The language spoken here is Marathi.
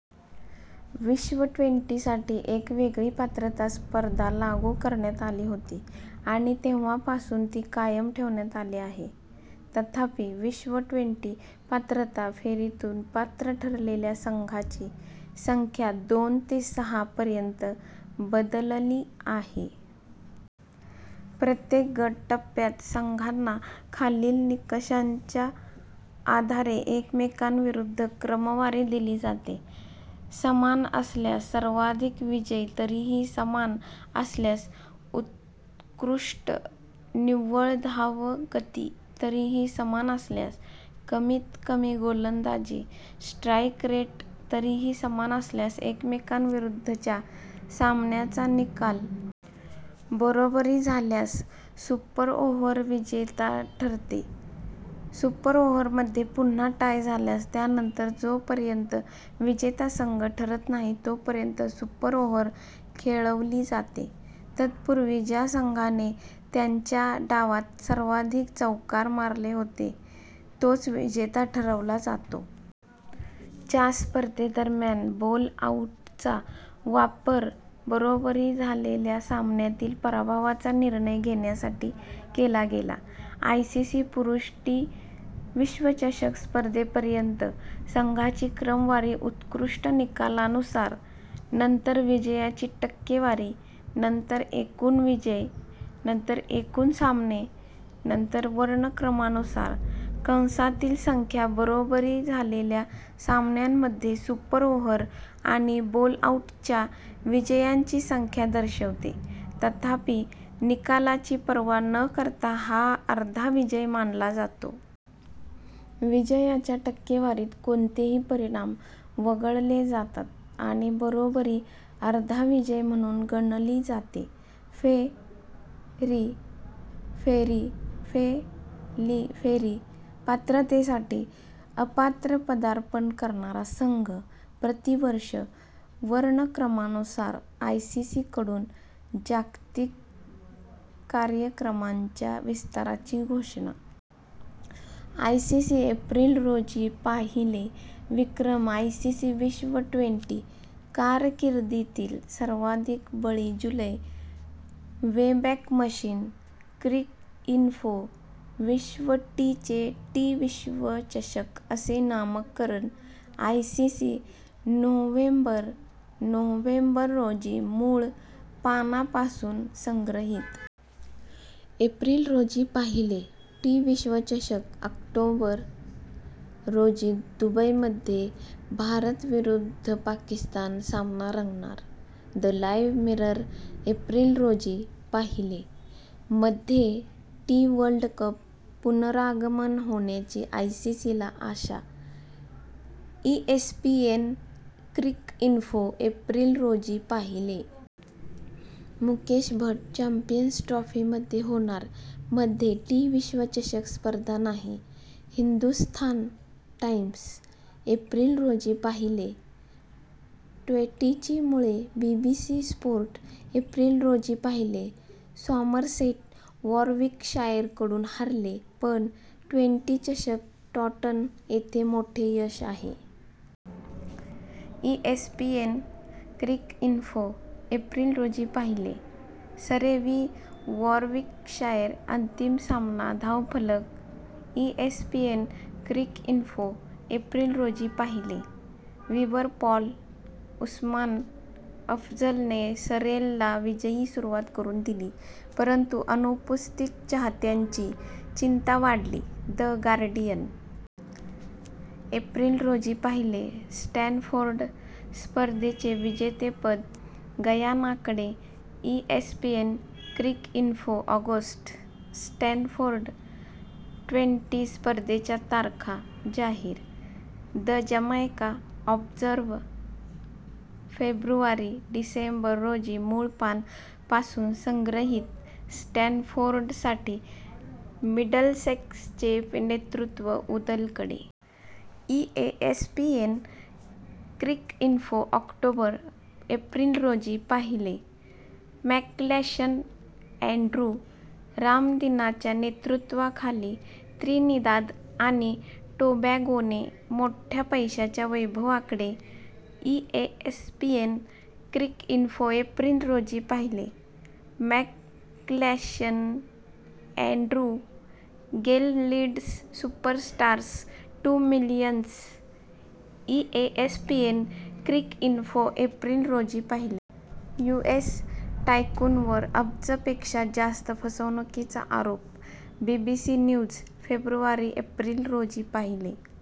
विश्व ट्वेंटी साठी एक वेगळी पात्रता स्पर्धा लागू करण्यात आली होती आणि तेव्हापासून ती कायम ठेवण्यात आली आहे. तथापि, विश्व ट्वेंटी पात्रता फेरीतून पात्र ठरलेल्या संघांची संख्या दोन ते सहा पर्यंत बदलली आहे. प्रत्येक गट टप्प्यात, संघांना खालील निकषांच्या आधारे एकमेकांविरुद्ध क्रमवारी दिली जाते: समान असल्यास, सर्वाधिक विजय तरीही समान असल्यास, उत्कृष्ट निव्वळ धावगती तरीही समान असल्यास, कमीत कमी गोलंदाजी स्ट्राईक रेट तरीही समान असल्यास, एकमेकांविरुद्धच्या सामन्याचा निकाल. बरोबरी झाल्यास, सुपर ओव्हर विजेता ठरवते. सुपर ओव्हरमध्ये पुन्हा टाय झाल्यास, त्यानंतर जोपर्यंत विजेता संघ ठरत नाही तोपर्यंत सुपर ओव्हर खेळवली जाते. तत्पूर्वी, ज्या संघाने त्यांच्या डावात सर्वाधिक चौकार मारले होते तोच विजेता ठरवला जातो. च्या स्पर्धेदरम्यान, बोल-आउटचा वापर बरोबरी झालेल्या सामन्यातील पराभवाचा निर्णय घेण्यासाठी केला गेला. आयसीसी पुरुष टी विश्वचषक स्पर्धेपर्यंत. संघांची क्रमवारी सर्वोत्कृष्ट निकालानुसार, नंतर विजयाची टक्केवारी, नंतर एकूण विजय, नंतर एकूण सामने, नंतर वर्णक्रमानुसार: कंसातील संख्या बरोबरी झालेल्या सामन्यांमध्ये सुपर ओव्हर आणि बोल-आउटच्या विजयांची संख्या दर्शवते, तथापि निकालाची पर्वा न करता हा अर्धा विजय मानला जातो. विजयाच्या टक्केवारीत कोणतेही परिणाम वगळले जातात आणि बरोबरी अर्धा विजय म्हणून गणली जाते. फे — री फेरी फे — ली फेरी — पात्रतेसाठी अपात्र पदार्पण करणारा संघ, प्रतिवर्ष वर्णक्रमानुसार. ^ "आयसीसीकडून जागतिक कार्यक्रमांच्या विस्ताराची घोषणा". आयसीसी. एप्रिल रोजी पाहिले. ^ विक्रम – आयसीसी विश्व ट्वेन्टी – कारकिर्दीतील सर्वाधिक बळी जुलै, वेबॅक मशीन. क्रिकइन्फो ^ "विश्व टी चे टी विश्वचषक असे नामकरण". आयसीसी. नोव्हेंबर. नोव्हेंबर रोजी मूळ पानापासून संग्रहित. एप्रिल रोजी पाहिले. ^ "टी विश्वचषक: ऑक्टोबर रोजी दुबईमध्ये भारत विरुद्ध पाकिस्तान सामनारंगणार". द लाईव्ह मिरर.. एप्रिल रोजी पाहिले. ^" मध्ये टी- वर्ल्डकप पुनरागमन होण्याची आयसीसीला आशा". ESPN Cricinfo. एप्रिल रोजी पाहिले. ^ मुकेश भट्ट. "चॅम्पियन्स ट्रॉफी मध्ये होणार, मध्ये टी विश्वचषक स्पर्धा नाही". हिंदुस्थान टाइम्स. एप्रिल रोजी पाहिले. ^ "ट्वेंटी ची मुळे". BBC Sport. एप्रिल रोजी पाहिले. ^ "सॉमरसेट वॉरविकशायरकडून हरले पण ट्वेन्टी चषक टॉंटन येथे मोठे यश आहे". ESPN Cricinfo. एप्रिल रोजी पाहिले. ^ "सरे वि वॉरविकशायर अंतिम सामना धावफलक". ESPN Cricinfo. एप्रिल रोजी पाहिले. ^ विवर, पॉल. "उस्मान अफझलने सरेला विजयी सुरुवात करून दिली परंतु अनुपस्थित चाहत्यांची चिंता वाढली". The Guardian. एप्रिल रोजी पाहिले. ^ "स्टॅनफोर्ड / स्पर्धेचे विजेतेपद गयानाकडे". ESPN Cricinfo. August. ^ "Stanford twenty स्पर्धेच्या तारखा जाहीर". The Jamaica Observer. February. December रोजी मूळ पान पासून संग्रहित. ^ "स्टॅनफोर्डसाठी मिडलसेक्सचे नेतृत्व उदलकडे". ESPN Cricinfo. ऑक्टोबर. एप्रिल रोजी पाहिले. ^ मॅकग्लॅशन, अँड्रू. "रामदिनच्या नेतृत्वाखाली त्रिनिदाद आणि टोबॅगोने मोठ्या पैशाच्या वैभवाकडे". ESPN Cricinfo. एप्रिल रोजी पाहिले. ^ McGlashan, Andrew. "Gayle leads superstars to millions". ESPN Cricinfo. April रोजी पाहिले. ^ "यूएस टायकूनवर अब्जपेक्षा जास्त फसवणुकीचा आरोप". BBC News. फेब्रुवारी. एप्रिल रोजी पाहिले.